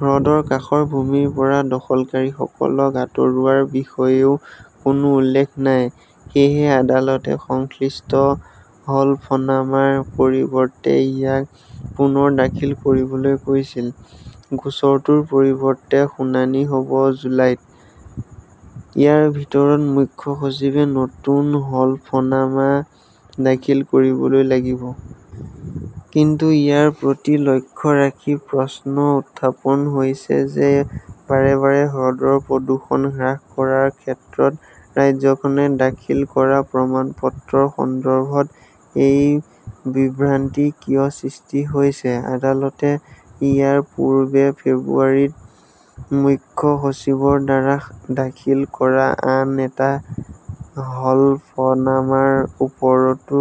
হ্ৰদৰ কাষৰ ভূমিৰ পৰা দখলকাৰীসকলক আঁতৰোৱাৰ বিষয়েও কোনো উল্লেখ নাই। সেয়েহে আদালতে সংশ্লিষ্ট হলফনামাৰ পৰিৱৰ্তে ইয়াক পুনৰ দাখিল কৰিবলৈ কৈছিল। গোচৰটোৰ পৰৱৰ্তী শুনানি হ'ব জুলাইত। ইয়াৰ ভিতৰত মুখ্য সচিবে নতুন হলফনামা দাখিল কৰিব লাগিব। কিন্তু ইয়াৰ প্ৰতি লক্ষ্য ৰাখি প্ৰশ্ন উত্থাপন হৈছে যে বাৰে বাৰে হ্ৰদৰ প্ৰদূষণ হ্ৰাস কৰাৰ ক্ষেত্ৰত ৰাজ্যখনে দাখিল কৰা প্ৰমাণপত্ৰৰ সন্দৰ্ভত এই বিভ্ৰান্তি কিয় সৃষ্টি হৈছে। আদালতে ইয়াৰ পূৰ্বে ফেব্ৰুৱাৰীত মুখ্য সচিবৰ দ্বাৰা দাখিল কৰা আন এটা হলফনামাৰ ওপৰতো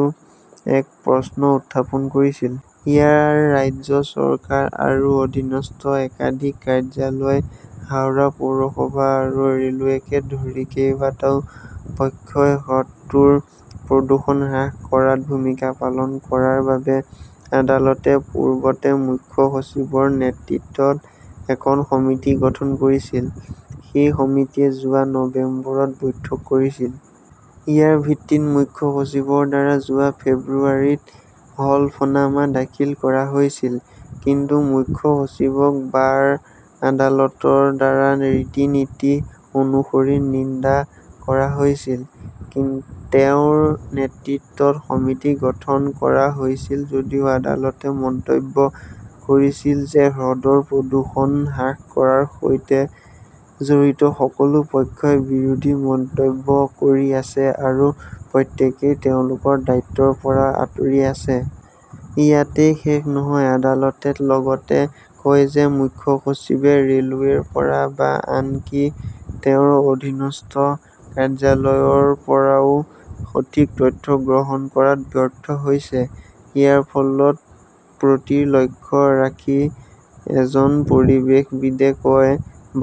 একে প্ৰশ্ন উত্থাপন কৰিছিল। ইয়াৰ ৰাজ্য চৰকাৰ, ইয়াৰ অধীনস্থ একাধিক কাৰ্যালয়, হাওৰা পৌৰসভা আৰু ৰে'লৱেকে ধৰি কেইবাটাও পক্ষই হ্ৰদটোৰ প্ৰদূষণ হ্ৰাস কৰাত ভূমিকা পালন কৰাৰ বাবে আদালতে পূৰ্বতে মুখ্য সচিবৰ নেতৃত্বত এখন সমিতি গঠন কৰিছিল। সেই সমিতিয়ে যোৱা নৱেম্বৰত বৈঠক কৰিছিল। ইয়াৰ ভিত্তিত মুখ্য সচিবৰ দ্বাৰা যোৱা ফেব্ৰুৱাৰীত হলফনামা দাখিল কৰা হৈছিল। কিন্তু মুখ্য সচিবক বাৰ আদালতৰ দ্বাৰা ৰীতি-নীতি অনুসৰি "নিন্দা" কৰা হৈছিল। তেওঁৰ নেতৃত্বত সমিতি গঠন কৰা হৈছিল যদিও আদালতে মন্তব্য কৰিছিল যে হ্ৰদৰ প্ৰদূষণ হ্ৰাসৰ সৈতে জড়িত সকলো পক্ষই বিৰোধী মন্তব্য কৰি আছে আৰু প্ৰত্যেকেই তেওঁলোকৰ দায়িত্বৰ পৰা আঁতৰি আছে। ইয়াতেই শেষ নহয়। আদালতে লগতে কয় যে মুখ্য সচিবে ৰে'লৱেৰ পৰা বা আনকি তেওঁৰ অধীনস্থ কাৰ্যালয়ৰ পৰাও সঠিক তথ্য সংগ্ৰহ কৰাত ব্যৰ্থ হৈছে। ইয়াৰ প্ৰতি লক্ষ্য ৰাখি এজন পৰিৱেশবিদে কয়,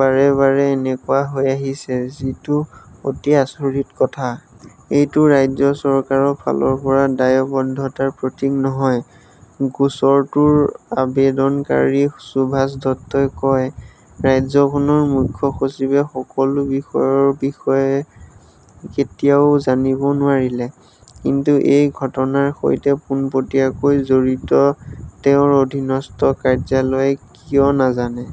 "বাৰে বাৰে এনেকুৱা হৈ আহিছে, যিটো অতি আচৰিত কথা। এইটো ৰাজ্য চৰকাৰৰ ফালৰ পৰা দায়বদ্ধতাৰ প্ৰতীক নহয়।" গোচৰটোৰ আবেদনকাৰী সুভাষ দত্তই কয়, "ৰাজ্যখনৰ মুখ্য সচিবে সকলো বিষয়ৰ বিষয়ে কেতিয়াও জানিব নোৱাৰিলে। কিন্তু এই ঘটনাৰ সৈতে পোনপটীয়াকৈ জড়িত তেওঁৰ অধীনস্থ কাৰ্যালয়ে কিয় নাজানে?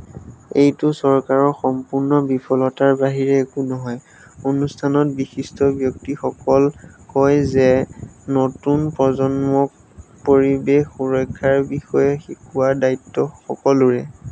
এইটো চৰকাৰৰ সম্পূৰ্ণ বিফলতাৰ বাহিৰে একো নহয়।" অনুষ্ঠানত বিশিষ্ট ব্যক্তিসকল কয় যে নতুন প্ৰজন্মক পৰিৱেশ সুৰক্ষাৰ বিষয়ে শিকোৱাৰ দায়িত্ব সকলোৰে।